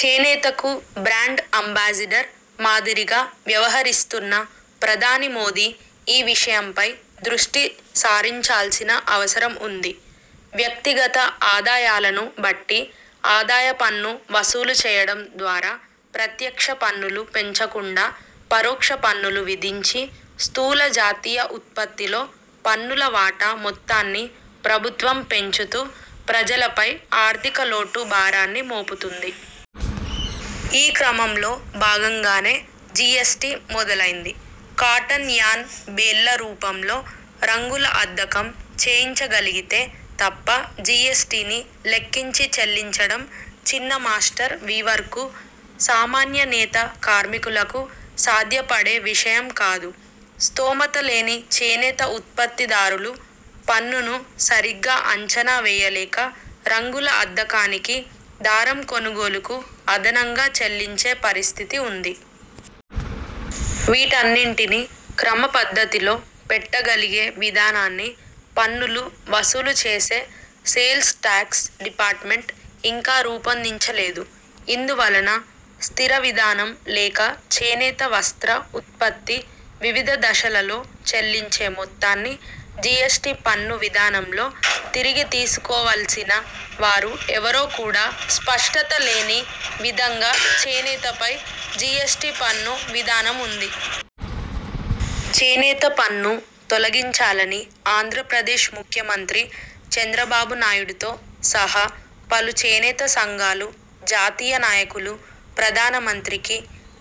చేనేతకు brand ambassador మాదిరిగా వ్యవహరిస్తున్న ప్రధాని మోదీ ఈ విషయంపై దృష్టి సారించాల్సిన అవసరం వుంది. వ్యక్తిగత ఆదాయాలను బట్టి ఆదాయపన్ను వసూలు చేయడం ద్వారా ప్రత్యక్ష పన్నులు పెంచకుండా, పరోక్ష పన్నులు విధించి స్థూల జాతీయ ఉత్పత్తిలో పన్నుల వాటా మొత్తాన్ని ప్రభుత్వం పెంచుతూ ప్రజలపై ఆర్థికలోటు భారాన్ని మోపుతుంది. ఈ క్రమంలో భాగంగానే జీఎస్టీ మొదలైంది. కాటన్ యార్న్ బేళ్ళ రూపంలో రంగుల అద్దకం చేయించగలిగితే తప్ప జీఎస్టీని లెక్కించి చెల్లించడం చిన్న మాష్టర్ వీవర్ కు, సామాన్య నేత కార్మికులకు సాధ్యపడే విషయం కాదు. స్తోమత లేని చేనేత ఉత్పత్తిదారులు పన్నును సరిగా అంచనా వేయలేక రంగుల అద్దకానికి, దారం కొనుగోలుకు అదనంగా చెల్లించే పరిస్థితి వుంది. వీటన్నింటినీ క్రమ పద్ధతిలో పెట్టగలిగే విధానాన్ని పన్నులు వసూలుచేసే సేల్స్ టాక్స్ డిపార్ట్మెంట్ ఇంకా రూపొందించలేదు. ఇందువలన స్థిరవిధానం లేక చేనేత వస్త్ర ఉత్పత్తి వివిధ దశలలో చెల్లించే మొత్తాన్ని జీఎస్టీ పన్ను విధానంలో తిరిగి తీసుకోవలసిన వారు ఎవరో కూడా స్పష్టత లేని విధంగా చేనేతపై జీఎస్టీ పన్ను విధానం వుంది. చేనేతపై పన్ను తొలగించాలని ఆంధ్రప్రదేశ్ ముఖ్యమంత్రి చంద్రబాబునాయుడుతో సహా పలు చేనేత సంఘాలు, జాతీయ నాయకులు ప్రధానమంత్రికి,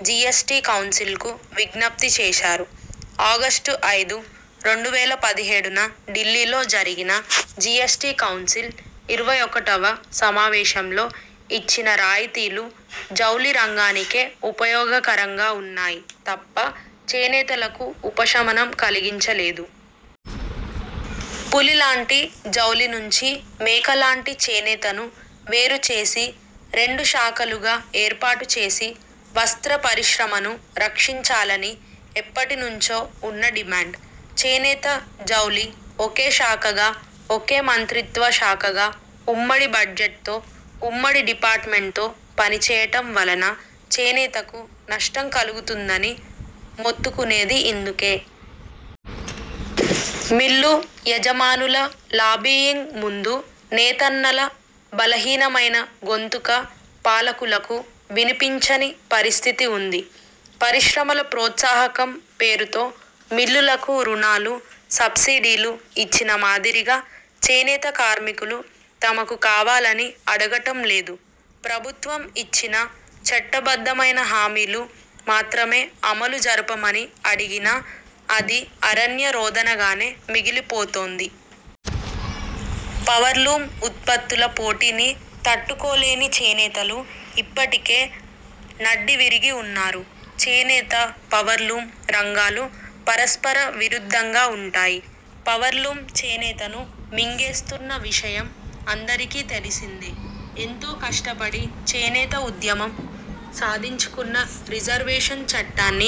జీఎస్టీ కౌన్సిల్ కు విజ్ఞప్తి చేశారు. ఆగస్టు ఐదు, రెండు వేల పదిహేడున ఢిల్లీలో జరిగిన జీఎస్టీ కౌన్సిల్ ఇరవై ఒకటివ సమావేశంలో ఇచ్చిన రాయితీలు జౌళి రంగానికే ఉపయోగకరంగా వున్నాయి తప్ప చేనేతలకు ఉపశమనం కలిగించలేదు. పులి లాంటి జౌళి నుంచి మేక లాంటి చేనేతను వేరు చేసి, రెండు శాఖలుగా ఏర్పాటుచేసి వస్త్ర పరిశ్రమను రక్షించాలని ఎప్పటినుంచో ఉన్న డిమాండ్. చేనేత జౌళి ఒకే శాఖగా, ఒకే మంత్రిత్వ శాఖగా ఉమ్మడి బడ్జెట్ తో, ఉమ్మడి డిపార్ట్మెంట్ తో పనిచేయటం వలన చేనేతకు నష్టం కలుగుతుందని మొత్తుకునేది ఇందుకే. మిల్లు యజమానుల లాబీయింగ్ ముందు నేతన్నల బలహీనమైన గొంతుక పాలకులకు వినిపించని పరిస్థితి వుంది. పరిశ్రమల ప్రోత్సాహకం పేరుతో మిల్లులకు రుణాలు, సబ్సిడీలు ఇచ్చిన మాదిరిగా చేనేత కార్మికులు తమకు కావాలని అడగటం లేదు. ప్రభుత్వం ఇచ్చిన చట్టబద్ధమైన హామీలు మాత్రమే అమలు జరపమని అడిగినా అది అరణ్య రోదనగానే మిగిలిపోతోంది. పవర్లూమ్ ఉత్పత్తుల పోటీని తట్టుకోలేని చేనేతలు ఇప్పటికే నడ్డివిరిగి వున్నారు. చేనేత, పవర్ లూమ్ రంగాలు పరస్పర విరుద్ధంగా ఉంటాయి. పవర్ లూమ్ చేనేతను మింగేస్తున్న విషయం అందరికీ తెలిసిందే. ఎంతో కష్టపడి చేనేత ఉద్యమం సాధించుకున్న రిజర్వేషన్ చట్టాన్ని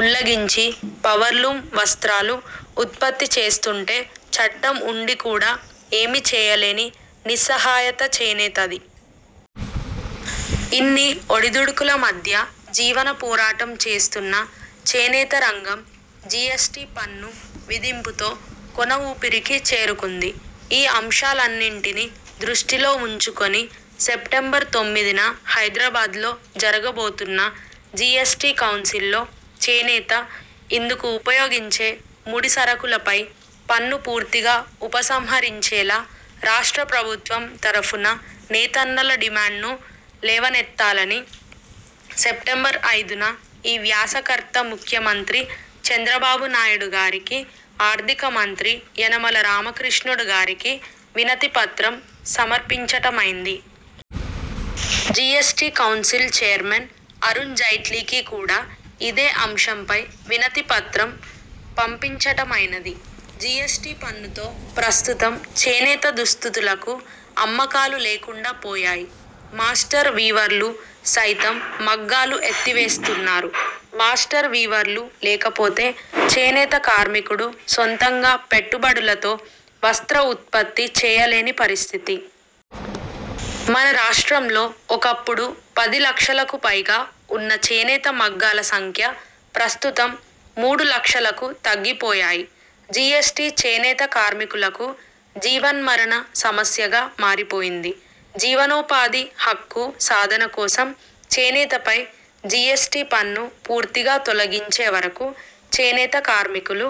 ఉల్లఘించి పవర్లూమ్ వస్త్రాలు ఉత్పత్తి చేస్తుంటే చట్టం ఉండి కూడా ఏమీ చేయలేని నిస్సహాయత చేనేతది. ఇన్ని ఒడిదుడుకుల మధ్య జీవన పోరాటం చేస్తున్న చేనేత రంగం జీఎస్టీ పన్ను విధింపుతో కొన ఊపిరికి చేరుకుంది. ఈ అంశాలన్నింటినీ దృష్టిలో వుంచుకుని సెప్టెంబర్ తొమ్మిదిన హైదరాబాద్లో జరగబోతున్న జీఎస్టీ కౌన్సిల్లో చేనేత, ఇందుకు ఉపయోగించే ముడిసరకులపై పన్ను పూర్తిగా ఉపసంహరించేలా రాష్ట్ర ప్రభుత్వం తరుఫున నేతన్నల డిమాండ్ ను లేవనేత్తాలని సెప్టెంబర్ ఐదున ఈ వ్యాసకర్త ముఖ్యమంత్రి చంద్రబాబు నాయుడు గారికి, ఆర్థికమంత్రి యనమల రామకృష్ణుడు గారికి వినతిపత్రం సమర్పించటమైంది. జీఎస్టీ కౌన్సిల్ చైర్మన్ అరుణ్ జైట్లీకి కూడా ఇదే అంశంపై వినతి పత్రం పంపించటమైనది. జీఎస్టీ పన్నుతో ప్రస్తుతం చేనేత దుస్తులకు అమ్మకాలు లేకుండా పోయాయి. మాష్టర్ వీవర్లు సైతం మగ్గాలు ఎత్తివేస్తున్నారు. మాష్టర్ వీవర్లు లేకపోతే చేనేత కార్మికుడు సొంతంగా పెట్టుబడులతో వస్త్ర ఉత్పత్తి చేయలేని పరిస్థితి. మన రాష్ట్రంలో ఒకప్పుడు పది లక్షలకు పైగా ఉన్న చేనేత మగ్గాల సంఖ్య ప్రస్తుతం మూడు లక్షలకు తగ్గిపోయాయి. జీఎస్టీ చేనేత కార్మికులకు జీవన్మరణ సమస్యగా మారిపోయింది. జీవనోపాధి హక్కు సాధన కోసం, చేనేతపై జీఎస్టీ పన్ను పూర్తిగా తొలగించే వరకు చేనేత కార్మికులు